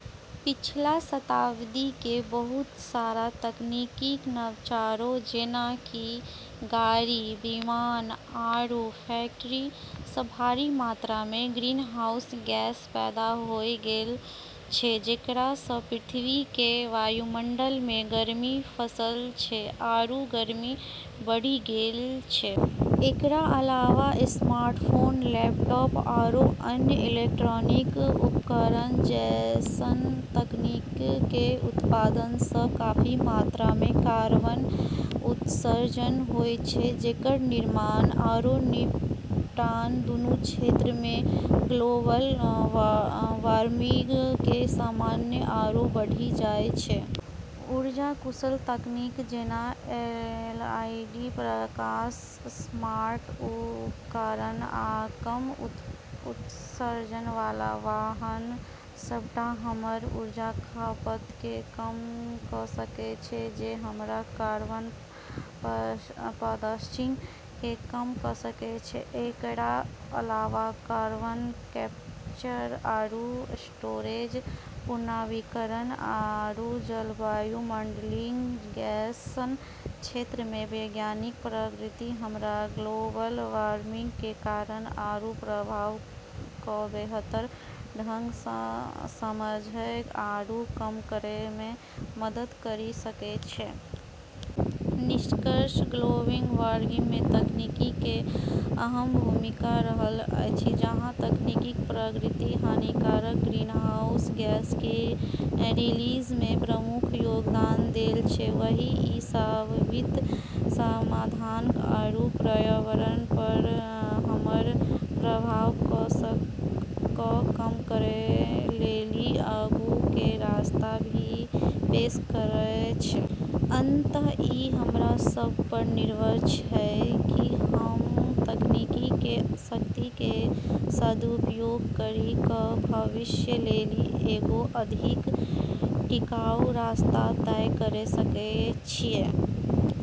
पिछला शताब्दी के बहुत सारा तकनीकी नवाचारो, जेना कि गाड़ी, विमान, आरू फैक्ट्री, स भारी मात्रा मे ग्रीनहाउस गैस पैदा होय गेल छै जेकरा स पृथ्वी के वायुमंडल मे गर्मी फंसल छै आरू गर्मी बढ़ी गेल छै। एकरा अलावा स्मार्टफोन, लैपटॉप, आरू अन्य इलेक्ट्रॉनिक उपकरण जैसन तकनीक के उत्पादन स काफी मात्रा मे कार्बन उत्सर्जन होय छै, जेकर निर्माण आरू निपटान दूनू क्षेत्र मे ग्लोबल वार्मिंग के समस्या आरू बढ़ी जाय छै। ऊर्जा-कुशल तकनीक, जेना एलईडी प्रकाश, स्मार्ट उपकरण आ कम उत्सर्जन वाला वाहन, सबटा हमर ऊर्जा खपत के कम क सकै छै, जे हमर कार्बन पदचिह्न के कम क सकै छै। एकरा अलावा कार्बन कैप्चर आरू स्टोरेज, पुनर्वनीकरण, आरू जलवायु मॉडलिंग जैसन क्षेत्र मे वैज्ञानिक प्रगति हमरा ग्लोबल वार्मिंग के कारण आरू प्रभाव क बेहतर ढंग स समझै आरू कम करै मे मदद करी सकै छै। निष्कर्षतः ग्लोबल वार्मिंग में तकनीक के अहम भूमिका रहल अछि। जहाँ तकनीकी प्रगति हानिकारक ग्रीनहाउस गैस के रिलीज मे प्रमुख योगदान देल छै, वहीं ई संभावित समाधान आरू पर्यावरण प हमर प्रभाव क कम करै लेली आगू के रास्ता भी पेश करै छै। अंततः ई हमरा सब पर निर्भर छै कि हम तकनीक के शक्ति के सदुपयोग करी क भविष्य लेली एगो अधिक टिकाऊ रास्ता तय करी सकै छियै।